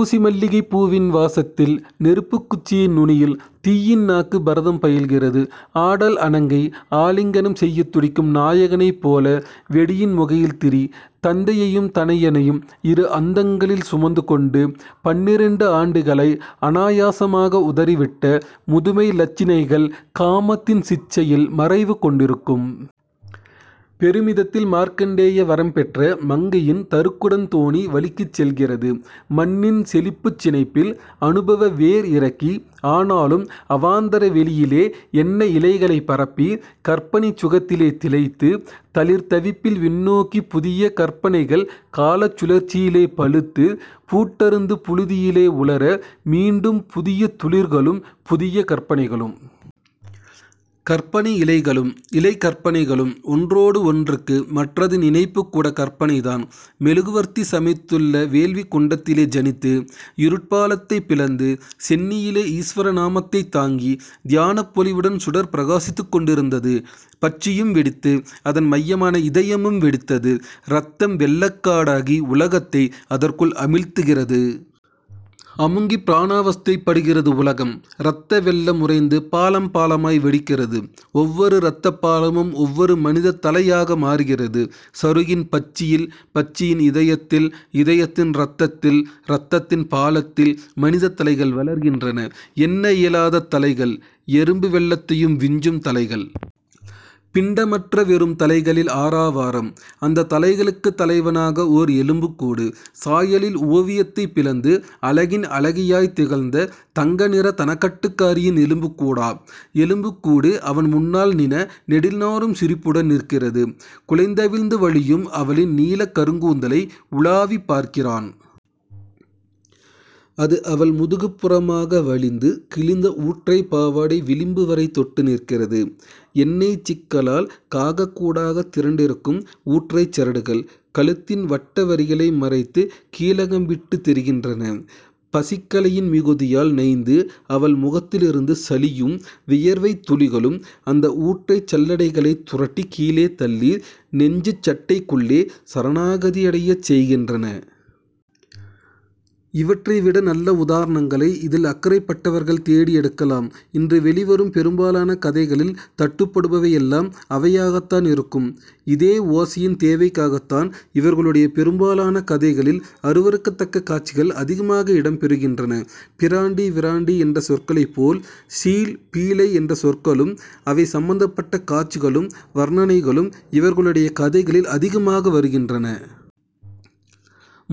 ஊசிமல்லிகைப் பூவின் வாசத்தில் நெருப்புக்குச்சியின் நுனியில் தீயின் நாக்கு பரதம் பயில்கிறது. ஆடல் அணங்கை ஆலிங்கனம் செய்யத் துடிக்கும் நாயகனைப் போல வெடியின் முகையில் திரி, தந்தையையும் தனையனையும் இரு அந்தங்களில் சுமந்துகொண்டு, பன்னிரண்டு ஆண்டுகளை அனாயாசமாக உதறிவிட்ட முதுமை இலச்சினைகள் காமத்தின் சிட்சையில் மறைவு கொண்டிருக்கும். பெருமிதத்தில் மார்க்கண்டேய வரம் பெற்ற மங்கையின் தருக்குடன் தோணி வழுக்கிச் செல்கிறது. மண்ணின் செழிப்புச் சினைப்பில், அனுபவ வேர் இறக்கி, ஆனாலும் அவாந்தர வெளியிலே எண்ண இலைகளைப் பரப்பி, கற்பனைச் சுகத்திலே திளைத்து, தளிர் தவிப்பில் விண்ணோக்கிப் புதிய கற்பனைகள் காலச் சுழற்சியிலே பழுத்து, பூட்டறுந்து புழுதியிலே உலர, மீண்டும் புதிய துளிர்களும் புதிய கற்பனைகளும்... கற்பனை இலைகளும், இலைக் கற்பனைகளும் ஒன்றோடு ஒன்றுக்கு, மற்றதின் இணைப்புக் கூடக் கற்பனைதான். மெழுகுவர்த்தி சமைத்துள்ள வேள்விக் குண்டலத்திலே ஜனித்து, இருட்பாளத்தைப் பிளந்து, சென்னியிலே ஈஸ்வர நாமத்தைத் தாங்கி, தியானப் பொலிவுடன் சுடர் பிரகாசித்துக் கொண்டிருந்தது. பட்சியும் வெடித்து, அதன் மையமான இதயமும் வெடித்தது. இரத்தம் வெள்ளக் காடாகி உலகத்தை அதற்குள் அமிழ்த்துகிறது. அமுங்கிப் பிராணாவஸ்தைப் படுகிறது உலகம். இரத்த வெள்ளம் உறைந்து பாளம் பாளமாய் வெடிக்கிறது. ஒவ்வொரு இரத்தப் பாளமும் ஒவ்வொரு மனிதத் தலையாக மாறுகிறது. சருகின் பட்சியில், பட்சியின் இதயத்தில், இதயத்தின் இரத்தத்தில், இரத்தத்தின் பாளத்தில் மனிதத் தலைகள் வளர்கின்றன. எண்ண இயலாத தலைகள்; எறும்பு வெள்ளத்தையும் விஞ்சும் தலைகள். பிண்டமற்ற வெறும் தலைகளில் ஆரவாரம்! அந்தத் தலைகளுக்குத் தலைவனாக ஓர் எலும்புக்கூடு! சாயலில் ஓவியத்தைப் பிளந்து, அழகின் அழகியாய்த் திகழ்ந்த தங்கநிறத் தனக்கட்டுக்காரியின் எலும்புக்கூடா? எலும்புக்கூடு அவன் முன்னால் நிண நெடில் நாறும் சிரிப்புடன் நிற்கிறது. குலைந்தவிழ்ந்து வழியும் அவளின் நீளக் கருங்கூந்தலை உழாவிப் பார்க்கிறான். அது அவள் முதுகுப் புறமாக வழிந்து, கிழிந்த ஊற்றைப் பாவாடை விளிம்பு வரை தொட்டு நிற்கிறது. எண்ணெய்ச் சிக்கலால் காகக் கூடாகத் திரண்டிருக்கும் ஊற்றைச் சரடுகள், கழுத்தின் வட்ட வரிகளை மறைத்துக் கீலகம் விட்டுத் தெரிகின்றன. பசிக்களையின் மிகுதியால் நைந்து அவள் முகத்திலிருந்து சளியும் வியர்வைத் துளிகளும் அந்த ஊற்றைச் சல்லடைகளைத் துரட்டிக் கீழே தள்ளி, நெஞ்சுச் சட்டைக்குள்ளே சரணாகதியடையச் செய்கின்றன. இவற்றை விட நல்ல உதாரணங்களை இதில் அக்கறைப்பட்டவர்கள் தேடி எடுக்கலாம். இன்று வெளிவரும் பெரும்பாலான கதைகளில் தட்டுப்படுபவையெல்லாம் அவையாகத்தான் இருக்கும். இதே ஓசையின் தேவைக்காகத்தான் இவர்களுடைய பெரும்பாலான கதைகளில் அருவருக்கத்தக்க காட்சிகள் அதிகமாக இடம்பெறுகின்றன. 'பிராண்டி', 'விராண்டி' என்ற சொற்களைப் போல் 'சீழ்', 'பீழை' என்ற சொற்களும் அவை சம்பந்தப்பட்ட காட்சிகளும் வர்ணனைகளும் இவர்களுடைய கதைகளில் அதிகமாக வருகின்றன.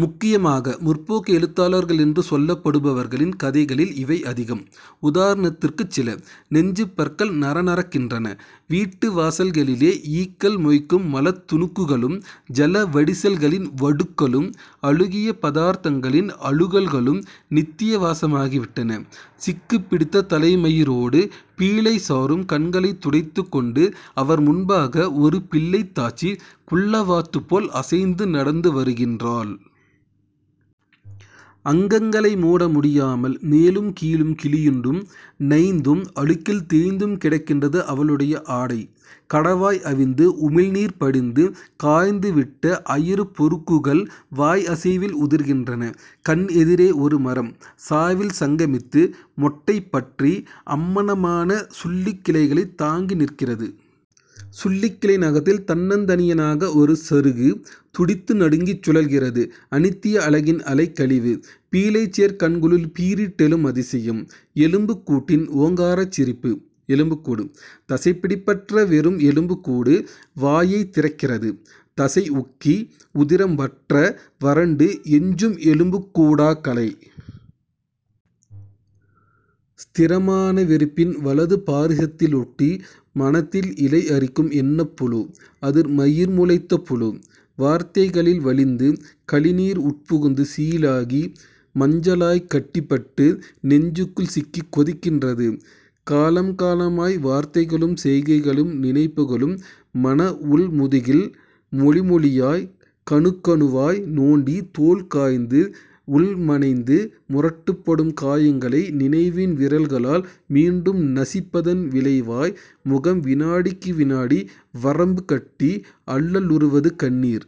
முக்கியமாக 'முற்போக்கு' எழுத்தாளர்கள் என்று சொல்லப்படுபவர்களின் கதைகளில் இவை அதிகம். உதாரணத்திற்குச் சில: "நெஞ்சுப் பற்கள் நறநறக்கின்றன. வீட்டு வாசல்களிலே ஈக்கள் மொய்க்கும் மலத் துணுக்குகளும், ஜல வடிசல்களின் வடுக்களும், அழுகிய பதார்த்தங்களின் அழுகல்களும் நித்திய வாசமாகிவிட்டன. சிக்குப் பிடித்த தலைமயிரோடு பீழை சாறும் கண்களைத் துடைத்துக்கொண்டு, அவர் முன்பாக ஒரு பிள்ளைத்தாச்சி குள்ளவாத்துப் போல் அசைந்து நடந்து வருகின்றாள். அங்கங்களை மூட முடியாமல் மேலும் கீழும் கிழியுண்டும், நைந்தும், அழுக்கில் தேய்ந்தும் கிடக்கின்றது அவளுடைய ஆடை. கடவாய் அவிந்து, உமிழ்நீர் படிந்து காய்ந்துவிட்ட அயறுப் பொருக்குகள் வாய் அசைவில் உதிர்கின்றன. கண் எதிரே ஒரு மரம். சாவில் சங்கமித்து, மொட்டை பற்றி அம்மணமான சுள்ளிக் கிளைகளைத் தாங்கி நிற்கிறது. சுள்ளிக் கிளை நகத்தில் தன்னந்தனியனாக ஒரு சருகு துடித்து நடுங்கிச் சுழல்கிறது. அநித்திய அழகின் அலைக்கழிவு. பீழை சேர் கண்களுள் பீறிட்டெழும் அதிசயம்; எலும்புக்கூட்டின் ஓங்காரச் சிரிப்பு. எலும்புக்கூடு — தசைப்பிடிப்பற்ற வெறும் எலும்புக்கூடு வாயைத் திறக்கிறது. தசை உக்கி, உதிரம் வற்ற, வறண்டு எஞ்சும் எலும்புக்கூடா கலை? ஸ்திரமான வெறுப்பின் வலது பாரிசத்தில் ஒட்டி மனத்தில் இலை அரிக்கும் எண்ணப் புழு. அது மயிர் முளைத்த புழு. வார்த்தைகளில் வழிந்து கழிநீர் உட்புகுந்து சீழாகி, மஞ்சளாய்க் கட்டிபட்டு, நெஞ்சுகள் சிக்கிக் கொதிக்கின்றது. காலம் காலமாய் வார்த்தைகளும், செய்கைகளும், நினைப்புகளும் மன உள் முதுகில் மொழி மொழியாய், கணுக் கணுவாய் நோண்டி, தோல் காய்ந்து, உள் மனைந்து முரட்டுப்படும் காயங்களை நினைவின் விரல்களால் மீண்டும் நசிப்பதன் விளைவாய் முகம் வினாடிக்கு வினாடி வரம்பு கட்டி அல்லலுறுவது கண்ணீர்.